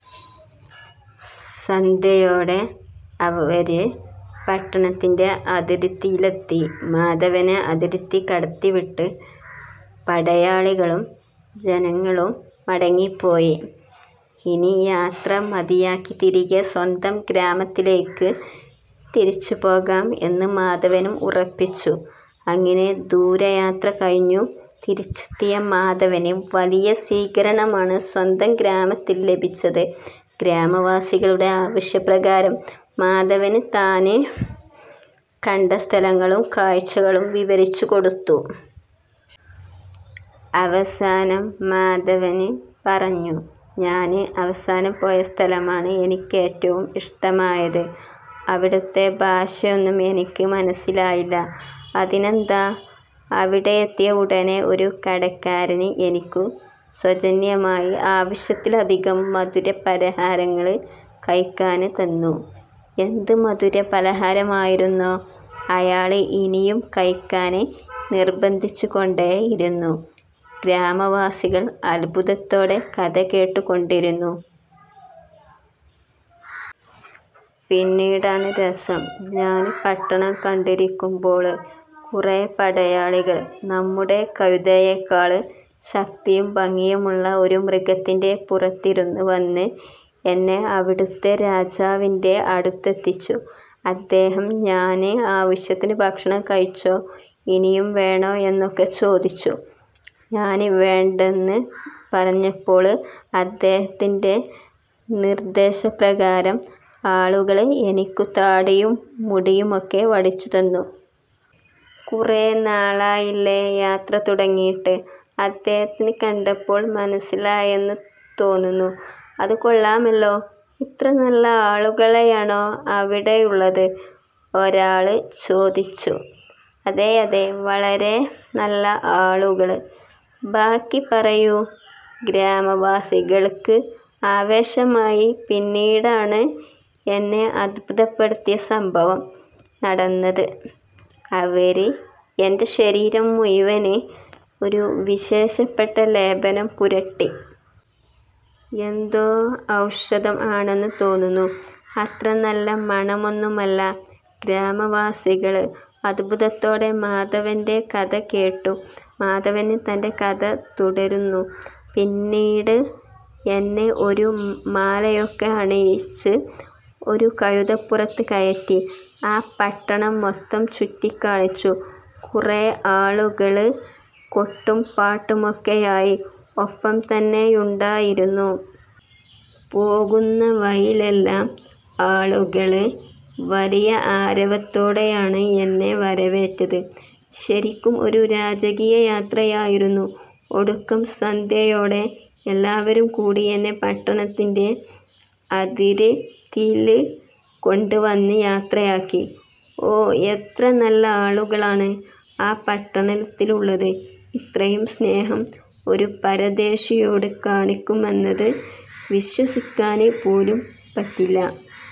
സന്ധ്യയോടെ അവര് പട്ടണത്തിന്റെ അതിര്ത്തിയിലെത്തി. മാധവനെ അതിര്ത്തി കടത്തി വിട്ട് പടയാളികളും ജനങളും മടങ്ങിപ്പോയി. ഇനി യാത്ര മതിയാക്കി തിരികെ സ്വന്തം ഗ്രാമത്തിലേയ്ക്ക് തിരിച്ചു പോകാം എന്ന് മാധവനും ഉറപ്പിച്ചു. അങ്ങിനെ ദൂരയാത്ര കഴിഞ്ഞു തിരിച്ചെത്തിയ മാധവന് വലിയ സ്വീകരണമാണ് സ്വന്തം ഗ്രാമത്തില് ലഭിച്ചത്. ഗ്രാമവാസികളുടെ ആവശ്യപ്രകാരം മാധവന് താന് കണ്ട സ്ഥലങ്ങളും കാഴ്ചകളും വിവരിച്ചു കൊടുത്തു. അവസാനം മാധവന് പറഞ്ഞു. "ഞാന് അവസാനം പോയ സ്ഥലമാണ് എനിക്കേറ്റവും ഇഷ്ടമായത്. അവിടത്തെ ഭാഷയോന്നും എനിക്ക് മനസ്സിലായില്ല. അതിനെന്താ? അവിടെ എത്തിയ ഉടനെ ഒരു കടക്കാരന് എനിക്കു സൌജന്യമായി ആവശ്യത്തിലധികം മധുര പലഹാരങ്ങള് കഴിക്കാന് തന്നു. എന്ത് മധുരപലഹാരമായിരുന്നോ? അയാള് ഇനിയും കഴിക്കാന് നിര്ബന്ധിച്ചുകൊണ്ടേയിരുന്നു. " ഗ്രാമവാസികള് അത്ഭുതത്തോടെ കഥ കേട്ടുകൊണ്ടിരുന്നു. "പിന്നീടാണ് രസം. ഞാന് പട്ടണം കണ്ടുകൊണ്ടിരിക്കുമ്പോള് കുറെ പടയാളികള് നമ്മുടെ കഴുതയേക്കാള് ശക്തിയും ഭംഗിയുമുള്ള ഒരു മൃഗത്തിന്റെ പുറത്തിരുന്ന് വന്ന് എന്നെ അവിടത്തെ രാജാവിന്റെ അടുത്തെത്തിച്ചു. അദ്ദേഹം ഞാന് ആവശ്യത്തിന് ഭക്ഷണം കഴിച്ചോ, ഇനിയും വേണോ എന്നൊക്കെ ചോദിച്ചു. ഞാന് വേണ്ടെന്ന് പറഞ്ഞപ്പോള് അദ്ദേഹത്തിന്റെ നിര്ദ്ദേശ പ്രകാരം ആളുകള് എനിക്കു താടിയും മുടിയുമൊക്കെ വടിച്ചു തന്നു. കുറെ നാളായില്ലേ, യാത്ര തുടങ്ങിയിട്ട്. അദ്ദേഹത്തിന് കണ്ടപ്പോള് മനസ്സിലായെന്ന് തോന്നുന്നു" "അത് കൊള്ളാമല്ലോ! ഇത്ര നല്ല ആളുകളാണോ അവിടെയുള്ളത്" ഒരാള് ചോദിച്ചു. "അതെയതെ! വളരെ നല്ല ആളുകള്. ബാക്കി പറയൂ" ഗ്രാമവാസികള്ക്ക് ആവേശമായി "പിന്നീടാണ് എന്നെ അത്ഭുതപ്പെടുത്തിയ സംഭവം നടന്നത്. അവര് എന്റെ ശരീരം മുഴുവന് ഒരു വിശേഷപ്പെട്ട ലേപനം പുരട്ടി. എന്തോ ഔഷധം ആണെന്ന് തോന്നുന്നു. അത്ര നല്ല മണമൊന്നുമല്ല. " ഗ്രാമവാസികള് അത്ഭുതത്തോടെ മാധവന്റെ കഥ കേട്ടു. മാധവന് തന്റെ കഥ തുടര്ന്നു. "പിന്നീട് എന്നെ ഒരു മാലയൊക്കെ അണിയിച്ച് ഒരു കഴുതപ്പുറത്ത് കയറ്റി ആ പട്ടണം മൊത്തം ചുറ്റിക്കാണിച്ചു. കുറെ ആളുകള് കൊട്ടും പാട്ടുമൊക്കെയായി ഒപ്പം തന്നെയുണ്ടായിരുന്നു. പോകുന്ന വഴിയിലെല്ലാം ആളുകള് വലിയ ആരവത്തോടെയാണ് എന്നെ വരവേറ്റത്. ശരിക്കും ഒരു രാജകീയ യാത്രയായിരുന്നു! ഒടുക്കം സന്ധ്യയോടെ എല്ലാവരും കൂടി എന്നെ പട്ടണത്തിന്റെ അതിര്ത്തിയില് കൊണ്ട് വന്ന് യാത്രയാക്കി" "ഓ! എത്ര നല്ല ആളുകളാണ് ആ പട്ടണത്തിലുള്ളത്. ഇത്രയും സ്നേഹം ഒരു പരദേശിയോട് കാണിക്കുമെന്നത് വിശ്വസിക്കാന് പോലും പറ്റില്ല.